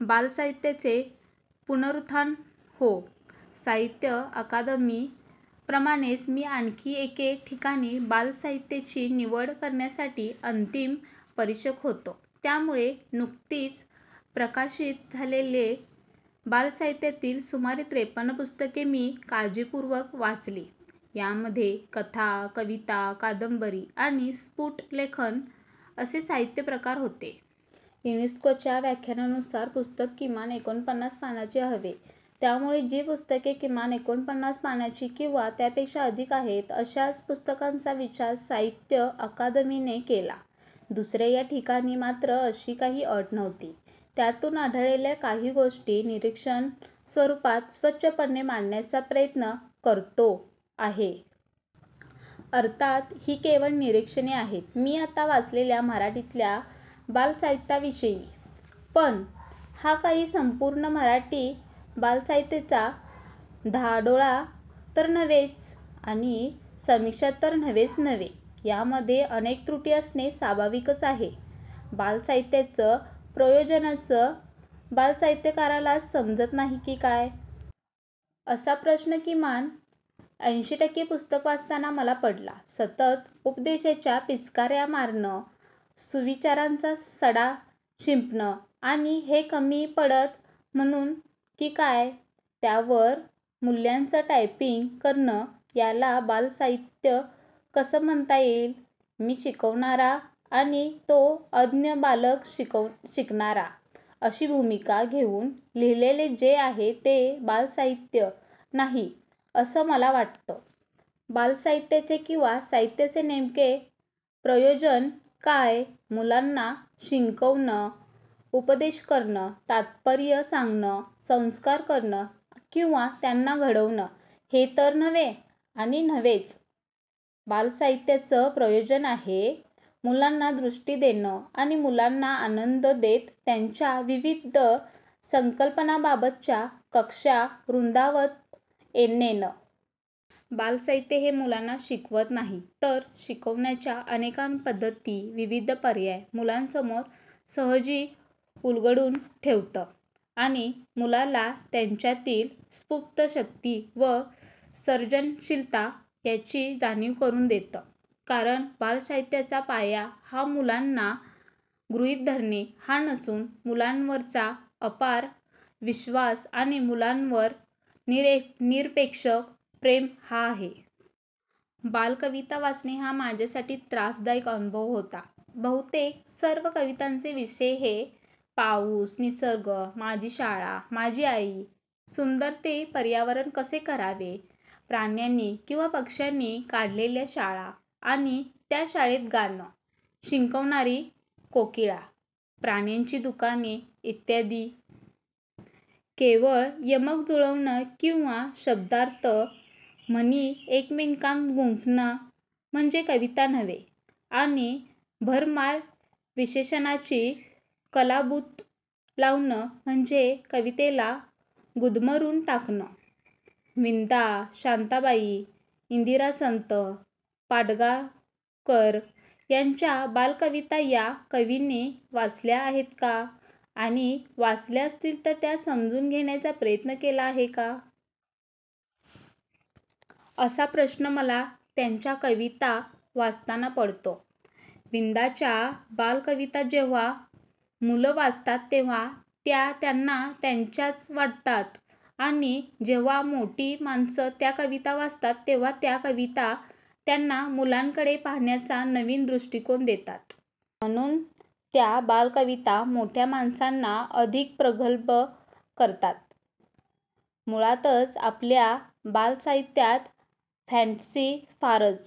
बालसाहित्याचे पुनरुत्थान होवो. साहित्य अकादमी प्रमाणेच मी आणखी एके ठिकाणी 'बाल साहित्याची निवड करण्यासाठी अंतीम परीक्षक होतो. त्यामुळे नुकतीच प्रकाशित झालेली बालसाहित्यातील सुमारे त्रेप्पन पुस्तके मी काळजीपूर्वक वाचली. यामधे कथा, कविता, कादंबरी आणि स्पूट लेखन असे साहित्य प्रकार होते. युनेस्कोच्या व्याखेनुसार पुस्तक किमान एकोणपन्नास पानांचे हवे. त्यामुळे जी पुस्तके किमान एकोणपन्नास पानांची किंवा त्यापेक्षा अधिक आहेत अशाच पुस्तकांचा विचार साहित्य अकादमीने केला. दुसर्या ठिकाणी मात्र अशी काही अट नव्हती. यातून आढळलेल्या काही गोष्टी निरीक्षण स्वरुपात स्वच्छपणे मांडण्याचा प्रयत्न करतो आहे. अर्थात ही केवळ निरिक्षणे आहेत मी आत्ता वाचलेल्या मराठीतल्या बालसाहित्याविषयी. पण हा काही संपूर्ण मराठी बालसाहित्याचा धांडोळा तर नव्हेच आणि समीक्षा तर नव्हेच नव्हे. यामधे अनेक त्रुटी असणे स्वाभाविकच आहे. बालसाहित्याचं प्रयोजनच बालसाहित्यकाराला समजत नाही की काय? असा प्रश्न किमान ऐंशी टक्के पुस्तकं वाचताना मला पडला. सतत उपदेशाच्या पिचकार्या मारणं, सुविचारांचा सडा शिंपणं आणि हे कमी पडतं म्हणून की काय त्यावर मूल्यांचं टॉपिंग करणं याला बालसाहित्य कसं म्हणता येईल. मी शिकवणारा आणि तो अज्ञ बालक शिकणारा अशी भूमिका घेऊन लिहिलेले जे आहे ते बालसाहित्य नाही असं मला वाटतं. बालसाहित्याचे किंवा साहित्याचे नेमके प्रयोजन काय? मुलांना शिकवणं, उपदेश करणं, तात्पर्य सांगणं, संस्कार करणं किंवा त्यांना घडवणं हे तर नव्हे आणि नव्हेच. बालसाहित्याचं प्रयोजन आहे, मुलांना दृष्टी देणं आणि मुलांना आनंद देत त्यांच्या विविध संकल्पनांबाबतच्या कक्षा रुंदावत नेणं. बालसाहित्य हे मुलांना शिकवत नाही तर शिकण्याच्या अनेकानेक पध्दती, विविध पर्याय मुलांसमोर सहजी उलगडून ठेवतं आणि मुलाला त्याच्यातील सूप्त शक्ती व सर्जनशीलता यांची जाणीव करून देतं. कारण बालसाहित्याचा पाया हा मुलांना गृहित धरणे हा नसून मुलांवरचा अपार विश्वास आणि मुलांवर निरपेक्ष प्रेम हा आहे. बालकविता वाचणे हा माझ्यासाठी त्रासदायक अनुभव होता. बहुतेक सर्व कवितांचे विषय हे पाऊस, निसर्ग, माझी शाळा, माझी आई, सुंदर ते पर्यावरण कसे करावे, प्राण्यांनी किंवा पक्ष्यांनी काढलेल्या शाळा आणि त्या शाळेत गाणं शिकवणारी कोकिळा, प्राण्यांची दुकाने इ. केवळ यमक जुळवणं किंवा शब्दार्थ, म्हणी एकमेकांत गुंफणं म्हणजे कविता नव्हे. आणि भरमार विशेषणांची कलाबुतं लावणं म्हणजे कवितेला गुदमरवून टाकणं. विंदा, शांताबाई, इंदिरा संत, पाडगावकर यांच्या बालकविता या कविंनी वाचल्या आहेत का? आणि वाचल्या असतील तर त्या समजून घेण्याचा प्रयत्न केला आहे का? असा प्रश्न मला त्यांच्या कविता वाचताना पडतो. विंदांच्या बालकविता जेव्हा मुलं वाचतात तेव्हा त्या त्यांना त्यांच्याच वाटतात आणि जेव्हा मोठी माणसं त्या कविता वाचतात तेव्हा त्या कविता त्यांना मुलांकडे पाहण्याचा नवीन दृष्टिकोन देतात. म्हणून त्या बालकविता मोठ्यामाणसांना अधिक प्रगल्भ करतात. मुळातच आपल्या बालसाहित्यात फॅंटसी फारच